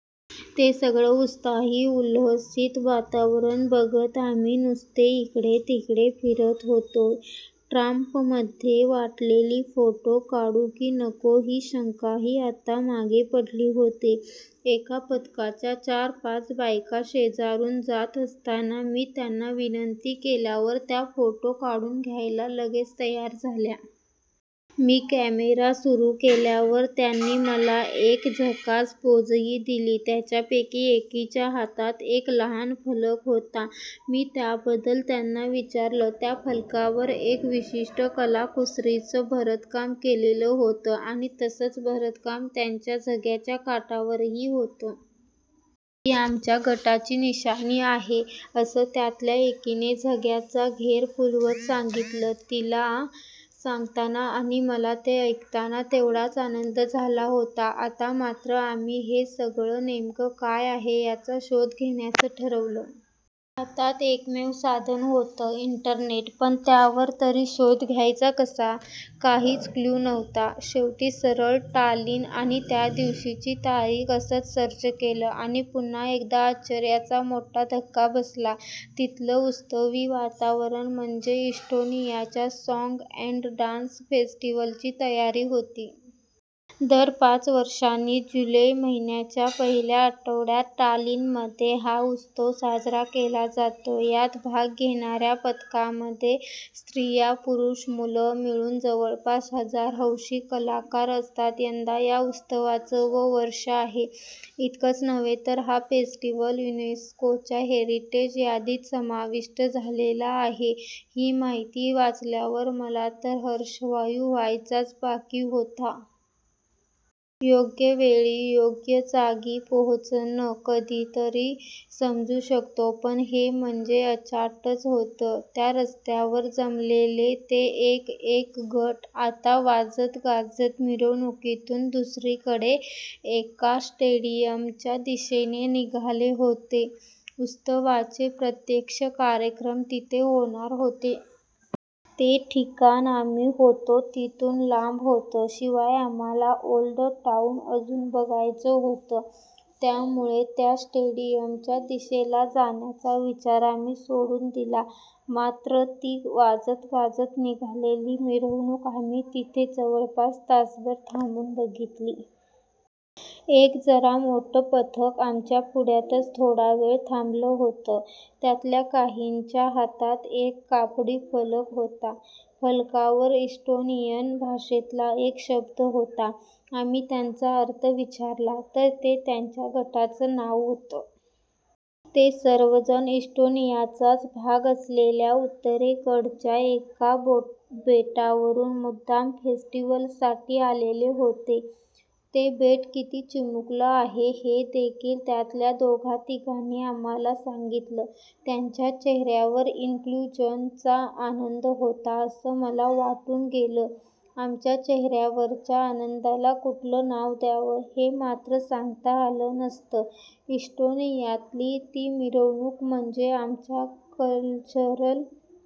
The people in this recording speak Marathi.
ते सगळं उत्साही, उल्हसित वातावरण बघत आम्ही नुसते इकडे तिकडे फिरत होतो. ट्राममध्ये वाटलेली फोटो काढू की नको ही शंकाही आता मागे पडली होती. एका पथकाच्या चार-पाच बायका शेजारून जात असताना मी त्यांना विनंती केल्यावर त्या फोटो काढून घ्यायला लगेच तयार झाल्या. मी कॅमेरा सुरू केल्यावर त्यांनी मला एक झकास पोझही दिली. त्यांच्यापैकी एकीच्या हातात एक लहान फलक होता. मी त्याबद्दल त्यांना विचारलं. त्या फलकावर एक विशिष्ट कलाकुसरीचं भरतकाम केलेलं होतं, आणि तसंच भरतकाम त्यांच्या झग्याच्या काठांवरही होतं. 'ती आमच्या गटाची निशाणी आहे' असं त्यातल्या एकीने झग्याचा घेर फुलवत सांगितलं. तिला सांगताना आणि मला ते ऐकताना तेवढाच आनंद झाला होता. आता मात्र आम्ही हे सगळं नेमकं काय आहे, याचा शोध घेण्याचं ठरवलं. हातात एकमेव साधन होतं- इंटरनेट. पण त्यावर तरी शोध घ्यायचा कसा? काहीच क्लू नव्हता. शेवटी सरळ 'टालिन' आणि त्यादिवशीची तारीख असंच सर्च केलं, आणि पुन्हा एकदा आश्चर्याचा मोठा धक्का बसला- तिथलं उत्सवी वातावरण म्हणजे इस्टोनियाच्या 'साँग अँड डान्स फेस्टिव्हल'ची तयारी होती. दर पाच वर्षांनी जुलै महिन्याच्या पहिल्या आठवड्यात टालिनमध्ये हा उत्सव साजरा केला जातो. यात भाग घेणार्या पथकांमध्ये स्त्रिया-पुरूष-मुलं मिळून जवळपास हजार हौशी कलाकार असतात. यंदा या उत्सवाचं वं वर्ष आहे. इतकंच नव्हे तर हा फेस्टिवल युनेस्कोच्या हेरिटेज यादीत समाविष्ट झालेला आहेही माहिती वाचल्यावर मला तर हर्षवायू व्हायचाच बाकी होता. योग्यवेळी योग्य जागी पोहोचणं कधीतरी समजू शकतो; पण हे म्हणजे अचाटच होतं! त्या रस्त्यावर जमलेले ते एक एक गट आता वाजतगाजत मिरवणुकीतून दुसरीकडे एका स्टेडियमच्या दिशेने निघाले होते. उत्सवाचे प्रत्यक्ष कार्यक्रम तिथे होणार होते. ते ठिकाण आम्ही होतो तिथून लांब होतं. शिवाय आम्हाला ओल्ड टाऊन अजून बघायचं होतं. त्यामुळे त्या स्टेडियमच्या दिशेला जाण्याचा विचार आम्ही सोडून दिला; मात्र ती वाजतगाजत निघालेली मिरवणूक आम्ही तिथे जवळपास तासभर थांबून बघितली. एक जरा मोठं पथक आमच्या पुढ्यातच थोडा वेळ थांबलं होतं. त्यातल्या काहींच्या हातात एक कापडी फलक होता. फलकावर इस्टोनियन भाषेतला एक शब्द होता. आम्ही त्याचा अर्थ विचारला तर ते त्यांच्या गटाचं नाव होतं. ते सर्वजण इस्टोनियाचाच भाग असलेल्या उत्तरेकडच्या एका बेटावरून मुद्दाम फेस्टिवलसाठी आलेले होते. ते बेट किती चिमुकलं आहे हेदेखील त्यातल्या दोघातिघांनी आम्हाला सांगितलं. त्यांच्या चेहर्यावर 'इन्क्लुजन'चा आनंद होता असं मला वाटून गेलंआमच्या चेहर्यावरच्या आनंदाला कुठलं नाव द्यावं, हे मात्र सांगता आलं नसतं. इस्टोनियातली ती मिरवणूक म्हणजे आमच्या 'कल्चरल